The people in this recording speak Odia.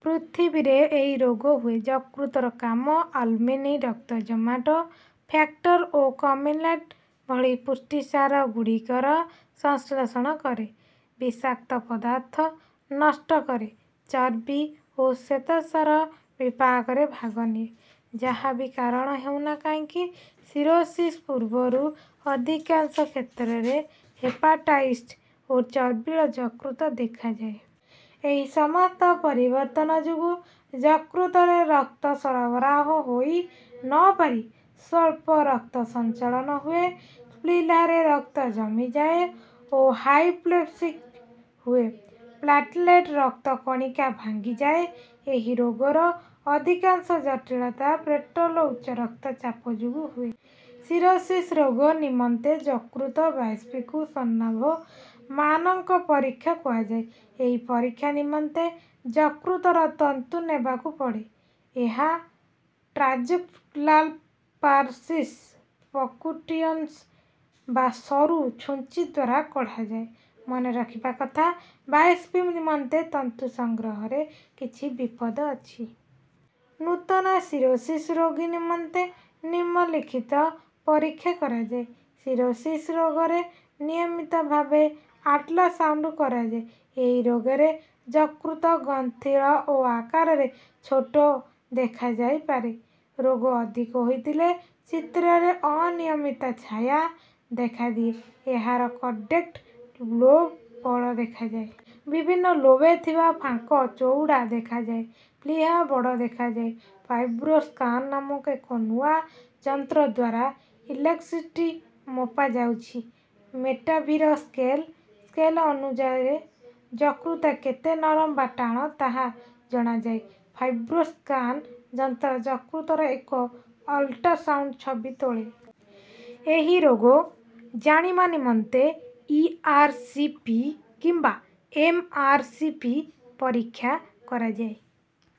ପୃଥିବୀରେ ଏହି ରୋଗ ହୁଏ। ଯକୃତର କାମ ଆଲ୍ବୁମିନ୍ ରକ୍ତ ଜମାଟ ଫ୍ୟାକ୍ଟର ଓ କମିଲାଟା ଭଳି ପୁଷ୍ଟିସାର ଗୁଡିକର ସଂଶ୍ଳେଷଣ କରେ। ବିଷାକ୍ତ ପଦାର୍ଥ ନଷ୍ଟ କରେ। ଚର୍ବି ଓ ଶ୍ୱେତସାର ବିପାକରେ ଭାଗ ନିଏ। ଯାହା ବି କାରଣ ହେଉ ନା କାହିଁକି ସିରୋସିସ୍ ପୂର୍ବରୁ ଅଧିକାଂଶ କ୍ଷେତ୍ରରେ ହେପାଟାଇସ୍ ଓ ଚର୍ବିଳ ଯକୃତ ଦେଖାଯାଏ। ଏହି ସମସ୍ତ ପରିବର୍ତ୍ତନ ଯୋଗୁ ଯକୃତରେ ରକ୍ତ ସରବରାହ ହୋଇ ନ ପାରି ସ୍ୱଳ୍ପ ରକ୍ତ ସଞ୍ଚାଳନ ହୁଏ। ପ୍ଲିହାରେ ରକ୍ତ ଜମିଯାଏ ଓ ହାଇପ୍ଲୋସିକ ହୁଏ। ପ୍ଲାଟେଲେଟ ରକ୍ତ କଣିକା ଭାଙ୍ଗିଯାଏ। ଏହି ରୋଗର ଅଧିକାଂଶ ଜଟିଳତା ପେଟ୍ରୋଲ ଉଚ୍ଚ ରକ୍ତ ଚାପ ଯୋଗୁ ହୁଏ। ସିରୋସିସ୍ ରୋଗ ନିମନ୍ତେ ଯକୃତ ବାୟୋପ୍ସିକୁ ସ୍ୱର୍ଣ୍ଣାଭ ମାନକ ପରିକ୍ଷା କୁହାଯାଏ। ଏହି ପରିକ୍ଷା ନିମନ୍ତେ ଯକୃତର ତନ୍ତୁ ନେବାକୁ ପଡେ। ଏହା ଟ୍ରାନ୍ସଜୁଗୁଲାର୍ଲାପାରସିସ ପର୍କ୍ୟୁଟାନିଅସ୍ ବା ସରୁ ଛୁଞ୍ଚି ଦ୍ୱାର କଢାଯାଏ। ମନେ ରଖିବା କଥା ବାୟୋପ୍ସି ନିମନ୍ତେ ତନ୍ତୁ ସଂଗ୍ରହରେ କିଛି ବିପଦ ଅଛି। ନୂତନ ସିରୋସିସ୍ ରୋଗୀ ନିମନ୍ତେ ନିମ୍ନ ଲିଖିତ ପରୀକ୍ଷା କରାଯାଏ। ସିରୋସିସ୍ ରୋଗରେ ନିୟମିତ ଭାବେ ଆଟ୍ଲାସାଉଣ୍ଡ କରାଯାଏ। ଏହି ରୋଗରେ ଯକୃତ ଗ୍ରନ୍ଥିଳ ଓ ଆକାରରେ ଛୋଟ ଦେଖାଯାଇ ପାରେ। ରୋଗ ଅଧିକ ହୋଇଥିଲେ ଚିତ୍ରରେ ଅନିୟମିତ ଛାୟା ଦେଖାଦିଏ। ଏହାର କଡେଟ ଲୋବ୍ ବଡ ଦେଖାଯାଏ। ବିଭିନ୍ନ ଲୋବ୍ରେ ଥିବା ଫାଙ୍କ ଚଊଡା ଦେଖାଯାଏ। ପ୍ଲିହା ବଡ ଦେଖାଯାଏ। ଫାଇବ୍ରୋ ସ୍କାନ ନାମକ ଏକ ନୂଆ ଯନ୍ତ୍ରଦ୍ୱାରା ଇଲାସ୍ଟିସିଟି ମପାଯାଉଛି। ମେଟାଭିର ସ୍କେଲ ସ୍କେଲ୍ ଅନୁସାରେ ଯକୃତ କେତେ ନରମ ବା ଟାଣ ତାହା ଜଣାଯାଏ। ଫାଇବ୍ରୋ ସ୍କାନ ଯନ୍ତ୍ର ଯକୃତର ଏକ ଅଲ୍ଟ୍ରାସାଉଣ୍ଡ ଛବି ତୋଳେ। ଏହି ରୋଗ ଜାଣିବା ନିମନ୍ତେ ଇ. ଆର୍. ସି. ପି. କିମ୍ବା ଏମ୍. ଆର୍. ସି. ପି. ପରୀକ୍ଷା କରାଯାଏ